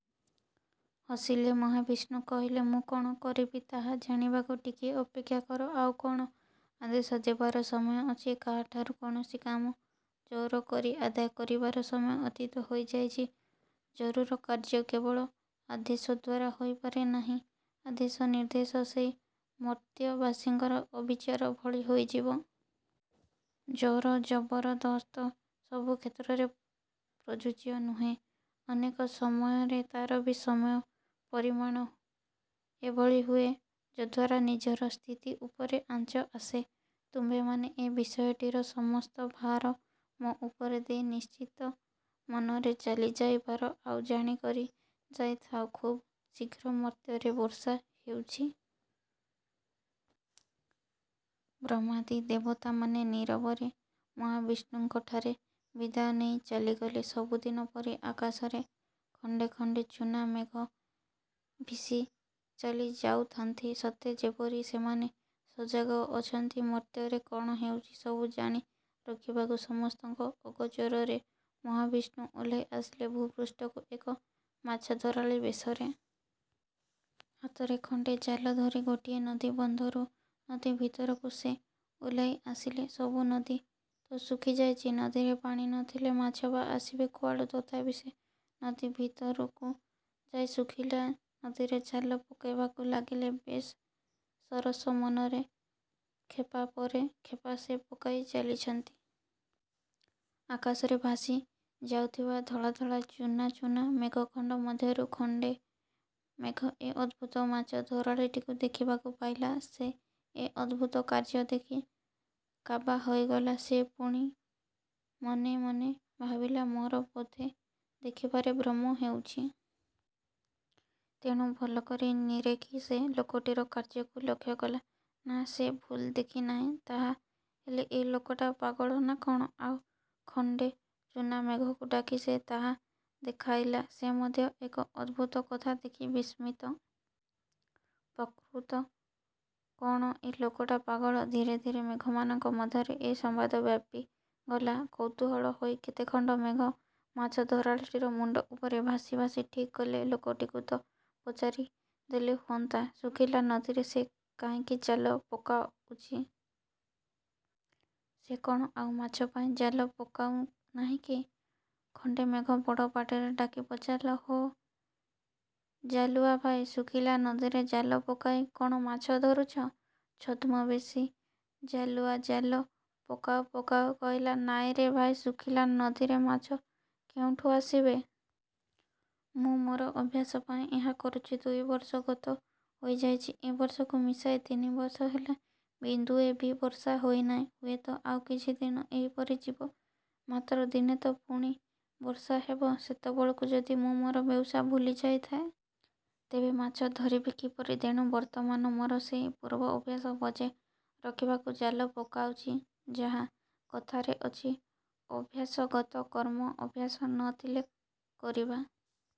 ହସିଲେ ମହାବିଷ୍ଣୁ। କହିଲେ ମୁଁ କଣ କରିବି ତାହା ଜାଣିବାକୁ ଟିକିଏ ଅପେକ୍ଷାକର। ଆଉ କଣ ଆଦେଶ ଦେବାର ସମୟ ଅଛି? କାହାଠାରୁ କୌଣସି କାମ ଜୋରକରି ଆଦାୟ କରିବାର ସମୟ ଅତୀତ ହୋଇଯାଇଛି। ଜରୁର କାର୍ଯ୍ୟ କେବଳ ଆଦେଶଦ୍ୱାରା ହୋଇ ପାରେ ନାହିଁ। ଆଦେଶ ନିର୍ଦ୍ଦେଶ ସେହି ମର୍ତ୍ତ୍ୟବାସୀଙ୍କ ଅବିଚାର ଭଳି ହୋଇଯିବ। ଜୋର ଜବରଦସ୍ତ ସବୁ କ୍ଷେତ୍ରରେ ପ୍ରଯୁଜ୍ୟ। ନୁହେଁ। ଅନେକ ସମୟରେ ତାର ବି ସମୟ ପରିଣାମ ଏଭଳି ହୁଏ ଯଦ୍ୱାରା ନିଜର ସ୍ଥିତି ଉପରେ ଆଞ୍ଚ ଆସେ। ତୁମ୍ଭେମାନେ ଏ ବିଷୟଟିର ସମସ୍ତ ଭାର ମୋ ଉପରେ ଦେଇ ନିଶ୍ଚିତ ମନରେ ଚାଲିଯାଇପାର। ଆଉ ଜାଣିକରି ଯାଇଥାଅ ଖୁବ୍ ଶୀଘ୍ର ମର୍ତ୍ତ୍ୟରେ ବର୍ଷା ହେଉଛି। ବ୍ରହ୍ମାଦି ଦେବତାମାନେ ନୀରବରେ ମହାବିଷ୍ଣୁଙ୍କଠାରେ ବିଦାୟ ନେଇ ଚାଲିଗଲେ। ସବୁ ଦିନ ପରି ଆକାଶରେ ଖଣ୍ଡେ ଖଣ୍ଡେ ଚୂନା ମେଘ ଭୀଷି ଚାଲି ଯାଉଥାନ୍ତି ସତେ ଯେପରି ସେମାନେ ସଜାଗ ଅଛନ୍ତି ମର୍ତ୍ତ୍ୟରେ କଣ ହେଉଛି ସବୁ ଜାଣି ରଖିବାବୁ। ସମସ୍ତଙ୍କ ଅଗୋଚରରେ ମହାବିଷ୍ଣୁ ଓହ୍ଲାଇ ଆସିଲେ ଭୂପୃଷ୍ଠକୁ ଏକ ମାଛଧରାଳୀ ବେଶରେ। ହାତରେ ଖଣ୍ଡେ ଜାଲଧରି ଗୋଟିଏ ନଦୀ ବନ୍ଧରୁ ନଦୀ ଭିତରକୁ ସେ ଓହ୍ଲାଇ ଆସିଲେ-। ସବୁ ନଦୀ ତ ଶୁଖିଯାଇଛି। ନଦୀରେ ପାଣି ନଥିଲେ ମାଛ ବା ଆସିବେ କୁଆଡ଼ୁ? ତଥାପି ସେ ନଦୀ ଭିତରକୁ ଯାଇ ଶୁଖିଲା ନଦୀରେ ଜାଲ ପକାଇବାକୁ ଲାଗିଲେ। ବେଶ୍ ସରସ ମନରେ ଖେପା ପରେ ଖେପା ସେ ପକାଇ ଚାଲିଛନ୍ତି। ଆକାଶରେ ଭାଷି ଯାଉଥିବା ଧଳା ଧଳା ଚୂନା ଚୂନା ମେଘଖଣ୍ଡ ମଧ୍ୟରୁ ଖଣ୍ଡେ ମେଘ ଏ ଅଦ୍ଭୁତ ମାଛ ଧରାଳୀଟିକୁ ଦେଖିବାକୁ ପାଇଲା। ସେ ଏ ଅଦ୍ଭୁତ କାର୍ଯ୍ୟ ଦେଖି କାବା ହୋଇଗଲା। ସେ ପୁଣି ମନେ ମନେ ଭାବିଲା ମୋର ବୋଧେ ଦେଖିବାରେ ଭ୍ରମ ହେଉଛି। ତେଣୁ ଭଲକରି ନିରେଖି ସେ ଲୋକଟିର କାର୍ଯ୍ୟକୁ ଲକ୍ଷକଲା। ନା–ସେ ଭୁଲ ଦେଖି ନାହିଁ। ତାହା ହେଲେ ଏ ଲୋକଟା ପାଗଳ ନା କଣ? ଆଉ ଖଣ୍ଡେ ଚୂନା ମେଘକୁ ଡାକି ସେ ତାହା ଦେଖାଇଲା। ସେ ମଧ୍ୟ ଏକ ଅଦ୍ଭୁତ କଥା ଦେଖି ବିସ୍ମିତ। ପ୍ରକୃତ କଣ ଏ ଲୋକଟା ପାଗଳ? ଧୀରେ ଧୀରେ ମେଘମାନଙ୍କ ମଧ୍ୟରେ ଏ ସମ୍ୱାଦ ବ୍ୟାପୀଗଲା। କୌତୁହଳ ହୋଇ କେତେଖଣ୍ଡ ମେଘ ମାଛଧରାଳୀଟିର ମୁଣ୍ଡ ଉପରେ ଭାଷି ଭାଷି ଠିକ୍ କଲେ ଲୋକଟିକୁ ତ ପଚାରି ଦେଲେ ହୁଅନ୍ତା, ଶୁଖିଲା ନଦୀରେ ସେ କାହିଁକି ଜାଲ ପକାଉଛି। ସେ କଣ ଆଉ ମାଛ ପାଇଁ ଜାଲ ପକାଉ ନାହିଁକି? ଖଣ୍ଡେ ମେଘ ବଡ଼ ପାଟିରେ ଡାକି ପଚାରିଲା–ହୋ ଜାଲୁଆ ଭାଇ! ଶୁଖିଲା ନଦୀରେ ଜାଲ ପକାଇ କଣ ମାଛ ଧରୁଛ? ଛଦ୍ମବେଶୀ ଜାଲୁଆ ଜାଲ ପକାଉ ପକାଉ କହିଲା ନାହିଁରେ ଭାଇ ଶୁଖିଲା ନଦୀରେ ମାଛ କେଉଁଠୁ ଆସିବେ। ମୁଁ ମୋର ଅଭ୍ୟାସ ପାଇଁ ଏହା କରୁଛି। ଦୁଇବର୍ଷ ଗତ ହୋଇଯାଇଛି। ଏବର୍ଷକୁ ମିଶାଇ ତିନି ବର୍ଷ ହେଲା–ବିନ୍ଦୁଏ ବି ବର୍ଷା ହୋଇ ନାହିଁ। ହୁଏତ ଆଉ କିଛିଦିନ ଏହିପରି ଯିବ। ମାତ୍ର ଦିନେତ ପୁଣି ବର୍ଷା ହେବ। ସେତେବେଳକୁ ଯଦି ମୁଁ ମୋର ବେଉଷା ଭୁଲି ଯାଇଥାଏ-। ତେବେ ମାଛ ଧରିବି କିପରି? ତେଣୁ ବର୍ତ୍ତମାନ ମୋର ସେହି ପୂର୍ବ ଅଭ୍ୟାସ ବଜାୟ ରଖିବାକୁ ଜାଲ ପକାଉଛି ଯାହା। କଥାରେ ଅଛି ଅଭ୍ୟାସଗତ କର୍ମ–ଅଭ୍ୟାସ ନଥିଲେ କରିବା